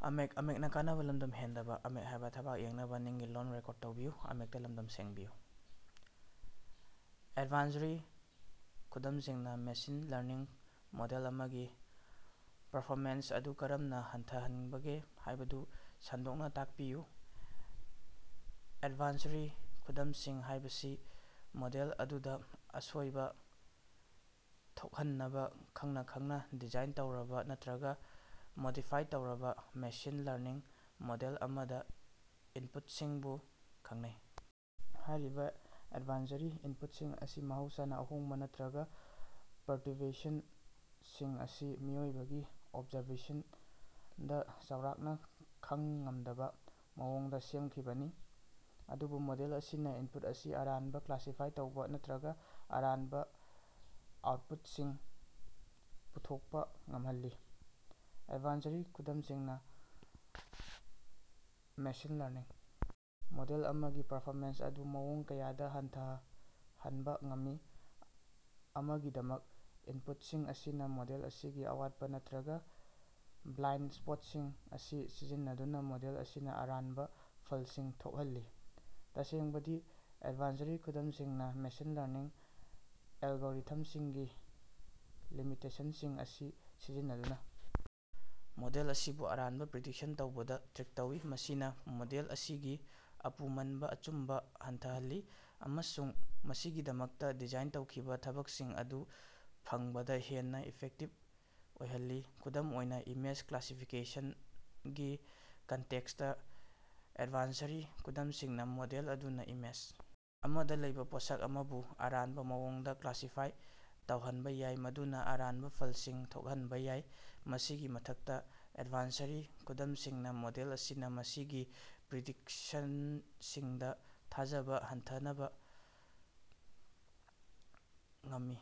ꯑꯦꯗꯚꯥꯟꯁꯔꯤ ꯈꯨꯗꯝꯁꯤꯡꯅ machine learning model ꯑꯃꯒꯤ performance ꯑꯗꯨ ꯀꯔꯝꯅ ꯍꯟꯊꯍꯟꯕꯒꯦ ꯍꯥꯏꯕꯗꯨ ꯁꯟꯗꯣꯛꯅ ꯇꯥꯛꯄꯤꯌꯨ꯫ ꯑꯦꯗꯚꯥꯟꯁꯔꯤ ꯈꯨꯗꯝꯁꯤꯡ ꯍꯥꯏꯕꯁꯤ ꯃꯣꯗꯦꯜ ꯑꯗꯨꯗ ꯑꯁꯣꯏꯕ ꯊꯣꯛꯍꯟꯅꯕ ꯈꯪꯅ ꯈꯪꯅ ꯗꯤꯖꯥꯏꯟ ꯇꯧꯔꯕ ꯅꯠꯇ꯭ꯔꯒ ꯃꯣꯗꯤꯐꯥꯏ ꯇꯧꯔꯕ ꯃꯦꯁꯤꯟ ꯂꯔꯅꯤꯡ ꯃꯣꯗꯦꯜ ꯑꯃꯗ ꯏꯟꯄꯨꯠꯁꯤꯡꯕꯨ ꯈꯪꯅꯩ꯫ ꯍꯥꯏꯔꯤꯕ ꯑꯦꯗꯚꯥꯟꯁꯔꯤ ꯏꯟꯄꯨꯠꯁꯤꯡ ꯑꯁꯤ ꯃꯍꯧꯁꯥꯅ ꯑꯍꯣꯡꯕ ꯅꯠꯇ꯭ꯔꯒ ꯄꯔꯇꯨꯔꯕꯦꯁꯟꯁꯤꯡ ꯑꯁꯤ ꯃꯤꯑꯣꯏꯕꯒꯤ ꯑꯣꯕꯖꯥꯔꯕꯦꯁꯟꯗ ꯆꯥꯎꯔꯥꯛꯅ ꯈꯡ ꯉꯝꯗꯕ ꯃꯑꯣꯡꯗ ꯁꯦꯝꯈꯤꯕꯅꯤ, ꯑꯗꯨꯕꯨ ꯃꯣꯗꯦꯜ ꯑꯁꯤꯅ ꯏꯟꯄꯨꯠ ꯑꯁꯤ ꯑꯔꯥꯟꯕ ꯀ꯭ꯂꯥꯁꯤꯐꯥꯏ ꯇꯧꯕ ꯅꯠꯇ꯭ꯔꯒ ꯑꯔꯥꯟꯕ ꯑꯥꯎꯠꯄꯨꯠꯁꯤꯡ ꯄꯨꯊꯣꯛꯄ ꯉꯝꯍꯜꯂꯤ꯫ ꯑꯦꯗꯚꯥꯟꯁꯔꯤ ꯈꯨꯗꯝꯁꯤꯡꯅ ꯃꯦꯁꯤꯟ ꯂꯔꯅꯤꯡ ꯃꯣꯗꯦꯜ ꯑꯃꯒꯤ ꯄꯔꯐꯣꯃꯦꯟꯁ ꯑꯗꯨ ꯃꯑꯣꯡ ꯀꯌꯥꯗ ꯍꯟꯊꯍꯟꯕ ꯉꯝꯃꯤ꯫ ꯑꯃꯒꯤꯗꯃꯛ, ꯏꯟꯄꯨꯠꯁꯤꯡ ꯑꯁꯤꯅ ꯃꯣꯗꯦꯜ ꯑꯁꯤꯒꯤ ꯑꯋꯥꯠꯄ ꯅꯠꯇ꯭ꯔꯒ ꯕ꯭ꯂꯥꯏꯟꯗ ꯁ꯭ꯄꯣꯠꯁꯤꯡ ꯑꯁꯤ ꯁꯤꯖꯤꯟꯅꯗꯨꯅ ꯃꯣꯗꯦꯜ ꯑꯁꯤꯅ ꯑꯔꯥꯟꯕ ꯐꯜꯁꯤꯡ ꯊꯣꯛꯍꯜꯂꯤ꯫ ꯇꯁꯦꯡꯕꯗꯤ, ꯑꯦꯗꯚꯥꯟꯁꯔꯤ ꯈꯨꯗꯝꯁꯤꯡꯅ ꯃꯦꯁꯤꯟ ꯂꯔꯅꯤꯡ ꯑꯦꯜꯒꯣꯔꯤꯊꯝꯁꯤꯡꯒꯤ ꯂꯤꯃꯤꯇꯦꯁꯟꯁꯤꯡ ꯑꯁꯤ ꯁꯤꯖꯤꯟꯅꯗꯨꯅ ꯃꯣꯗꯦꯜ ꯑꯁꯤꯕꯨ ꯑꯔꯥꯟꯕ ꯄ꯭ꯔꯤꯗꯤꯛꯁꯟ ꯇꯧꯕꯗ "ꯇ꯭ꯔꯤꯛ" ꯇꯧꯏ꯫ ꯃꯁꯤꯅ ꯃꯣꯗꯦꯜ ꯑꯁꯤꯒꯤ ꯑꯄꯨꯃꯟꯕ ꯑꯆꯨꯝꯕ ꯍꯟꯊꯍꯜꯂꯤ ꯑꯃꯁꯨꯡ ꯃꯁꯤꯒꯤꯗꯃꯛꯇ ꯗꯤꯖꯥꯏꯟ ꯇꯧꯈꯤꯕ ꯊꯕꯛꯁꯤꯡ ꯑꯗꯨ ꯐꯪꯕꯗ ꯍꯦꯟꯅ ꯏꯐꯦꯛꯇꯤꯕ ꯑꯣꯏꯍꯜꯂꯤ꯫ ꯈꯨꯗꯝ ꯑꯣꯏꯅ, ꯏꯃꯦꯖ ꯀ꯭ꯂꯥꯁꯤꯐꯤꯀꯦꯁꯟꯒꯤ ꯀꯟꯇꯦꯛꯁꯇ, ꯑꯦꯗꯚꯥꯟꯁꯔꯤ ꯈꯨꯗꯝꯁꯤꯡꯅ ꯃꯣꯗꯦꯜ ꯑꯗꯨꯅ ꯏꯃꯦꯖ ꯑꯃꯗ ꯂꯩꯕ ꯄꯣꯠꯁꯛ ꯑꯃꯕꯨ ꯑꯔꯥꯟꯕ ꯃꯑꯣꯡꯗ ꯀ꯭ꯂꯥꯁꯤꯐꯥꯏ ꯇꯧꯍꯟꯕ ꯌꯥꯏ, ꯃꯗꯨꯅ ꯑꯔꯥꯟꯕ ꯐꯜꯁꯤꯡ ꯊꯣꯛꯍꯟꯕ ꯌꯥꯏ꯫ ꯃꯁꯤꯒꯤ ꯃꯊꯛꯇ, ꯑꯦꯗꯚꯥꯟꯁꯔꯤ ꯈꯨꯗꯝꯁꯤꯡꯅ ꯃꯣꯗꯦꯜ ꯑꯁꯤꯅ ꯃꯁꯤꯒꯤ ꯄ꯭ꯔꯤꯗꯤꯛꯁꯅꯁꯤꯡꯗꯥ ꯊꯥꯖꯕꯥ ꯍꯟꯊꯍꯅꯕꯥ ꯉꯝꯃꯤ,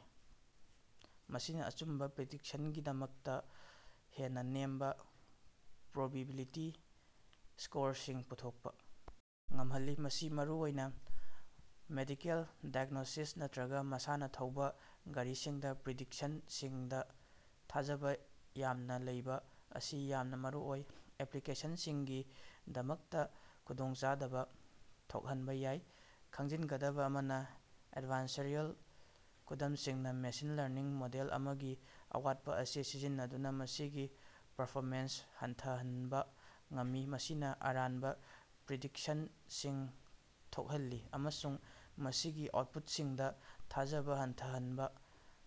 ꯃꯁꯤꯅ ꯑꯆꯨꯝꯕ ꯄ꯭ꯔꯤꯗꯤꯛꯁꯟꯒꯤꯗꯃꯛꯇ ꯍꯦꯟꯅ ꯅꯦꯝꯕ ꯄ꯭ꯔꯣꯕꯤꯕꯤꯂꯤꯇꯤ ꯁ꯭ꯀꯣꯔꯁꯤꯡ ꯄꯨꯊꯣꯛꯄ ꯉꯝꯍꯜꯂꯤ꯫ ꯃꯁꯤ ꯃꯔꯨꯑꯣꯏꯅ ꯃꯦꯗꯤꯀꯦꯜ ꯗꯥꯏꯒ꯭ꯅꯣꯁꯤꯁ ꯅꯠꯇ꯭ꯔꯒ ꯃꯁꯥꯅ ꯊꯧꯕ ꯒꯥꯔꯤꯁꯤꯡꯗ ꯄ꯭ꯔꯤꯗꯤꯛꯁꯟꯁꯤꯡꯗ ꯊꯥꯖꯕ ꯌꯥꯝꯅ ꯂꯩꯕ ꯑꯁꯤ ꯌꯥꯝꯅ ꯃꯔꯨꯑꯣꯏꯕ ꯑꯦꯄ꯭ꯂꯤꯀꯦꯁꯟꯁꯤꯡꯒꯤꯗꯃꯛꯇ ꯈꯨꯗꯣꯡꯆꯥꯗꯕ ꯊꯣꯛꯍꯟꯕ ꯌꯥꯏ꯫ ꯈꯪꯖꯤꯟꯒꯗꯕ ꯑꯃꯅ, ꯑꯦꯗꯚꯥꯟꯁꯔꯤꯌꯜ ꯈꯨꯗꯝꯁꯤꯡꯅ ꯃꯦꯁꯤꯟ ꯂꯔꯅꯤꯡ ꯃꯣꯗꯦꯜ ꯑꯃꯒꯤ ꯑꯋꯥꯠꯄ ꯑꯁꯤ ꯁꯤꯖꯤꯟꯅꯗꯨꯅ ꯃꯁꯤꯒꯤ ꯄꯔꯐꯣꯃꯦꯟꯁ ꯍꯟꯊꯍꯟꯕ ꯉꯝꯃꯤ, ꯃꯁꯤꯅ ꯑꯔꯥꯟꯕ ꯄ꯭ꯔꯤꯗꯤꯛꯁꯟꯁꯤꯡ ꯊꯣꯛꯍꯜꯂꯤ ꯑꯃꯁꯨꯡ ꯃꯁꯤꯒꯤ ꯑꯥꯎꯠꯄꯨꯠꯁꯤꯡꯗ ꯊꯥꯖꯕ ꯍꯟꯊꯍꯟꯕ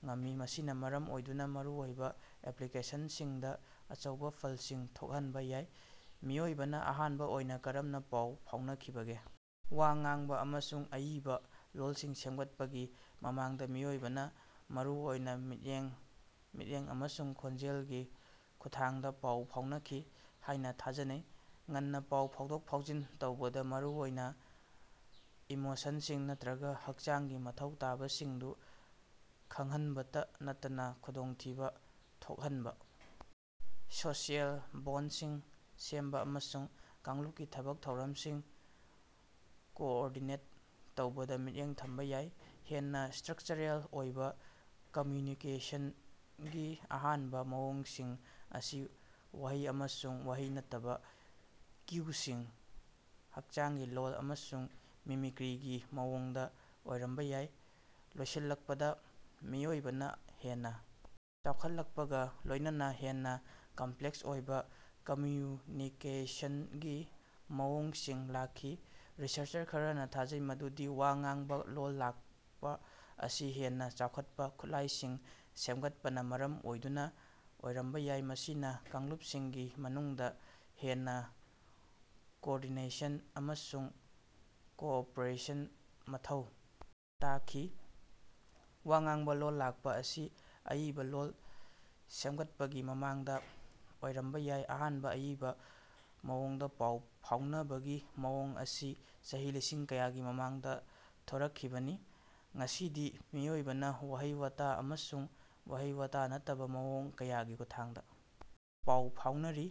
ꯉꯝꯃꯤ, ꯃꯁꯤꯅ ꯃꯔꯝ ꯑꯣꯏꯗꯨꯅ ꯃꯔꯨ ꯑꯣꯏꯕ ꯑꯦꯄ꯭ꯂꯤꯀꯦꯁꯟꯁꯤꯡꯗ ꯑꯆꯧꯕ ꯐꯜꯁꯤꯡ ꯊꯣꯛꯍꯟꯕ ꯌꯥꯏ꯫ ꯃꯤꯑꯣꯏꯕꯅ ꯑꯍꯥꯟꯕ ꯑꯣꯏꯅ ꯀꯔꯝꯅ ꯄꯥꯎ ꯐꯥꯎꯅꯈꯤꯕꯒꯦ? ꯋꯥ ꯉꯥꯡꯕ ꯑꯃꯁꯨꯡ ꯑꯏꯕ ꯂꯣꯜꯁꯤꯡ ꯁꯦꯝꯒꯠꯄꯒꯤ ꯃꯃꯥꯡꯗ ꯃꯤꯑꯣꯏꯕꯅ ꯃꯔꯨ ꯑꯣꯏꯅ ꯃꯤꯠꯌꯦꯡ, ꯃꯤꯠꯌꯦꯡ ꯑꯃꯁꯨꯡ ꯈꯣꯟꯖꯦꯜꯒꯤ ꯈꯨꯠꯊꯥꯡꯗ ꯄꯥꯎ ꯐꯥꯎꯅꯈꯤ ꯍꯥꯏꯅ ꯊꯥꯖꯅꯩ꯫ ꯉꯟꯅ ꯄꯥꯎ ꯐꯥꯎꯗꯣꯛ-ꯐꯥꯎꯖꯤꯟ ꯇꯧꯕꯗ ꯃꯔꯨꯑꯣꯏꯅ ꯏꯃꯣꯁꯟꯁꯤꯡ ꯅꯠꯇ꯭ꯔꯒ ꯍꯛꯆꯥꯡꯒꯤ ꯃꯊꯧ ꯇꯥꯕꯁꯤꯡꯗꯨ ꯈꯪꯍꯟꯕꯇ ꯅꯠꯇꯅ ꯈꯨꯗꯣꯡꯊꯤꯕ ꯊꯣꯛꯍꯟꯕ, ꯁꯣꯁꯤꯑꯦꯜ ꯕꯣꯟꯗꯁꯤꯡ ꯁꯦꯝꯕ, ꯑꯃꯁꯨꯡ ꯀꯥꯡꯂꯨꯞꯀꯤ ꯊꯕꯛ-ꯊꯧꯔꯝꯁꯤꯡ ꯀꯣꯑꯣꯔꯗꯤꯅꯦꯠ ꯇꯧꯕꯗ ꯃꯤꯠꯌꯦꯡ ꯊꯝꯕ ꯌꯥꯏ꯫ ꯍꯦꯟꯅ ꯁ꯭ꯇꯔꯛꯆꯔꯦꯜ ꯑꯣꯏꯕ ꯀꯝꯃ꯭ꯌꯨꯅꯤꯀꯦꯁꯟꯒꯤ ꯑꯍꯥꯟꯕ ꯃꯑꯣꯡꯁꯤꯡ ꯑꯁꯤ ꯋꯥꯍꯩ ꯑꯃꯁꯨꯡ ꯋꯥꯍꯩ ꯅꯠꯇꯕ ꯀ꯭ꯌꯨꯁꯤꯡ, ꯍꯛꯆꯥꯡꯒꯤ ꯂꯣꯜ ꯑꯃꯁꯨꯡ ꯃꯤꯃꯤꯀ꯭ꯔꯤꯒꯤ ꯃꯑꯣꯡꯗ ꯑꯣꯏꯔꯝꯕ ꯌꯥꯏ꯫ ꯂꯣꯏꯁꯤꯜꯂꯛꯄꯗ ꯃꯤꯑꯣꯏꯕꯅ ꯍꯦꯟꯅ ꯆꯥꯎꯈꯠꯂꯛꯄꯒ ꯂꯣꯏꯅꯅ ꯍꯦꯟꯅ ꯀꯝꯄ꯭ꯂꯦꯛꯁ ꯑꯣꯏꯕ ꯀꯝꯃ꯭ꯌꯨꯅꯤꯀꯦꯁꯟꯒꯤ ꯃꯑꯣꯡꯁꯤꯡ ꯂꯥꯛꯈꯤ꯫ ꯔꯤꯁꯔꯆꯔ ꯈꯔꯅ ꯊꯥꯖꯩ ꯃꯗꯨꯗꯤ ꯋꯥ ꯉꯥꯡꯕ ꯂꯣꯜ ꯂꯥꯛꯄ ꯑꯁꯤ ꯍꯦꯟꯅ ꯆꯥꯎꯈꯠꯄ ꯈꯨꯠꯂꯥꯏꯁꯤꯡ ꯁꯦꯝꯒꯠꯄꯅ ꯃꯔꯝ ꯑꯣꯏꯗꯨꯅ ꯑꯣꯏꯔꯝꯕ ꯌꯥꯏ, ꯃꯁꯤꯅ ꯀꯥꯡꯂꯨꯞꯁꯤꯡꯒꯤ ꯃꯅꯨꯡꯗ ꯍꯦꯟꯅ ꯀꯣꯑꯣꯔꯗꯤꯅꯦꯁꯟ ꯑꯃꯁꯨꯡ ꯀꯣꯑꯣꯄꯔꯦꯁꯟ ꯃꯊꯧ ꯇꯥꯈꯤ꯫ ꯋꯥ ꯉꯥꯡꯕ ꯂꯣꯜ ꯂꯥꯛꯄ ꯑꯁꯤ ꯑꯏꯕ ꯂꯣꯜ ꯁꯦꯝꯒꯠꯄꯒꯤ ꯃꯃꯥꯡꯗ ꯑꯣꯏꯔꯝꯕ ꯌꯥꯏ, ꯑꯍꯥꯟꯕ ꯑꯏꯕ ꯃꯑꯣꯡꯗ ꯄꯥꯎ ꯐꯥꯎꯅꯕꯒꯤ ꯃꯑꯣꯡ ꯑꯁꯤ ꯆꯍꯤ ꯂꯤꯁꯤꯡ ꯀꯌꯥꯒꯤ ꯃꯃꯥꯡꯗ ꯊꯣꯔꯛꯈꯤꯕꯅꯤ꯫ ꯉꯁꯤꯗꯤ ꯃꯤꯑꯣꯏꯕꯅ ꯋꯥꯍꯩ-ꯋꯥꯇꯥ ꯑꯃꯁꯨꯡ ꯋꯥꯍꯩ-ꯋꯥꯇꯥ ꯅꯠꯇꯕ ꯃꯑꯣꯡ ꯀꯌꯥꯒꯤ ꯈꯨꯠꯊꯥꯡꯗ ꯄꯥꯎ ꯐꯥꯎꯅꯔꯤ,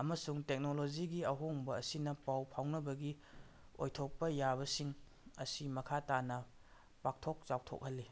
ꯑꯃꯁꯨꯡ ꯇꯦꯛꯅꯣꯂꯣꯖꯤꯒꯤ ꯑꯍꯣꯡꯕ ꯑꯁꯤꯅ ꯄꯥꯎ ꯐꯥꯎꯅꯕꯒꯤ ꯑꯣꯏꯊꯣꯛꯄ ꯌꯥꯕꯁꯤꯡ ꯑꯁꯤ ꯃꯈꯥ ꯇꯥꯅ ꯄꯥꯛꯊꯣꯛ-ꯆꯥꯎꯊꯣꯛꯍꯜꯂꯤ꯫